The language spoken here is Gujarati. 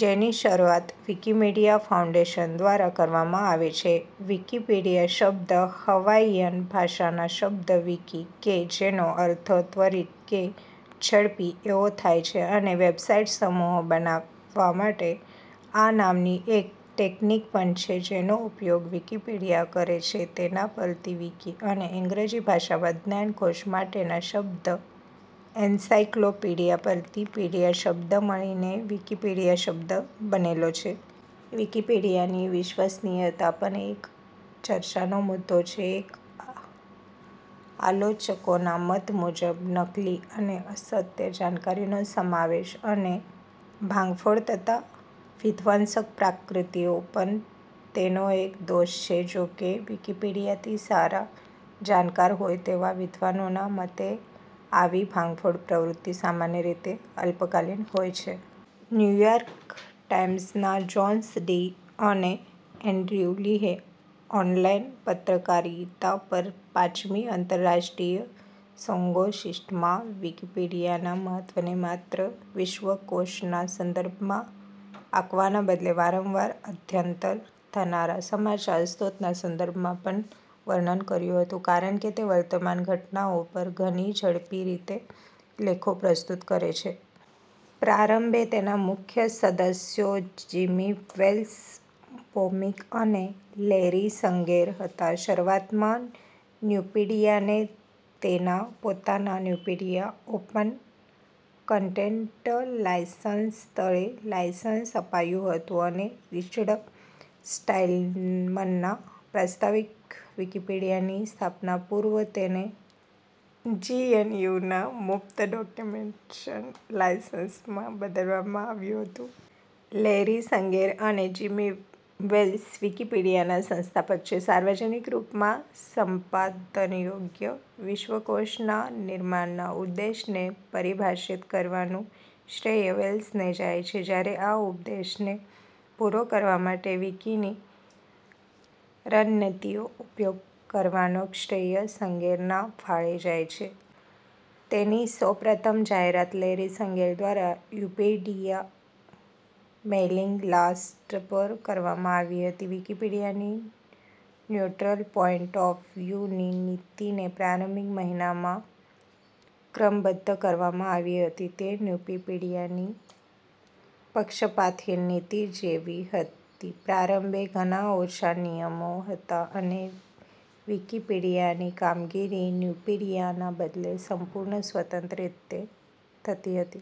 જેની શરૂઆત વિકિમીડિયા ફાઉન્ડેશન દ્વારા કરવામાં આવી છે. વિકિપીડિયા શબ્દ હવાઇયન ભાષાના શબ્દ વિકિ -કે જેનો અર્થ ત્વરિત કે ઝડપી એવો થાય છે અને વેબસાઇટ સમૂહ બનાવવા માટે આ નામની એક ટેકનિક પણ છે-જેનો ઉપયોગ વિકિપીડિયા કરે છે તેના પરથી વિકિ અને અંગ્રેજી ભાષામાં જ્ઞાનકોશ માટેના શબ્દ એન્સાઇક્લોપીડિયા પરથી પીડિયા શબ્દ મળીને વિકિપીડિયા શબ્દ બનેલો છે. વિકિપીડિયાની વિશ્વસનીયતા પણ એક ચર્ચાનો મુદ્દો છે. અન્ય આલોચકોના મત મુજબ નકલી અને અસત્ય જાણકારીનો સમાવેશ અને ભાંગફોડ તથા વિધ્વંસક પ્રવૃત્તિઓ પણ તેનો એક દોષ છે. જો કે વિકિપીડિયાથી સારા જાણકાર હોય તેવા વિદ્વાનોના મતે આવી ભાંગફોડ પ્રવૃત્તિ સામાન્ય રીતે અલ્પકાલીન હોય છે. ન્યૂયોર્ક ટાઇમ્સના જોન્સન ડી અને એંડ્રયુ લીહે ઓનલાઈન પત્રકારિતા પર પાંચમી આંતરરાષ્ટ્રીય સંગોષ્ટિમાં વિકિપીડિયાના મહત્વને માત્ર વિશ્વકોશના સંદર્ભમાં આંકવાના બદલે વારંવાર અદ્યતન થનારા સમાચાર સ્ત્રોતના સંદર્ભમાં પણ વર્ણન કર્યું હતુ. કારણ કે તે વર્તમાન ઘટનાઓ પર ઘણી ઝડપી રીતે લેખો પ્રસ્તુત કરે છે. પ્રારંભે તેના મુખ્ય સદસ્યો જિમી વેલ્સ, બોમિસ અને લૈરી સંગેર હતા. શરૂઆતમાં ન્યૂપીડિયાને તેના પોતાના ન્યૂપીડિયા ઓપન કન્ટેન્ટ લાયસન્સ તળે લાયસન્સ અપાયુંં હતુંં અને રિચર્ડ સ્ટાલમનના પ્રસ્તાવથી વિકિપીડિયાની સ્થાપના પૂર્વે તેને GNUના મુક્ત ડૉક્યુમેન્ટેશન લાયસન્સમાં બદલવામાં આવ્યું હતું. લૈરી સંગેર અને જિમી વેલ્સ વિકિપીડિયાના સંસ્થાપક છે. સાર્વજનિક રૂપમાં સંપાદનયોગ્ય વિશ્વકોશના નિર્માણના ઉદ્દેશ્યને પરિભાષિત કરવાનું શ્રેય વેલ્સને જાય છે. જ્યારે આ ઉદ્દેશ્યને પૂરો કરવા માટે વિકિની રણનીતિનો ઉપયોગ કરવાનો શ્રેય સંગેરના ફાળે જાય છે. તેની સૌપ્રથમ જાહેરાત લૈરી સંગેર દ્વારા ન્યૂપીડિયા મેઇલિંગ લિસ્ટ પર કરવામાં આવી હતી. વિકિપીડિયાની "ન્યૂટ્રલ પોઇન્ટ ઑફ વ્યૂ" ની નીતિને પ્રારંભિક મહિનામાં ક્રમબદ્ધ કરવામાં આવી હતી, તે ન્યૂપીડિયાની પક્ષપાતહીન નીતિ જેવી હતી. પ્રારંભે ઘણા ઓછા નિયમો હતા અને વિકિપીડિયાની કામગીરી ન્યૂપીડિયાના બદલે સંપૂર્ણ સ્વતંત્ર રીતે થતી હતી.।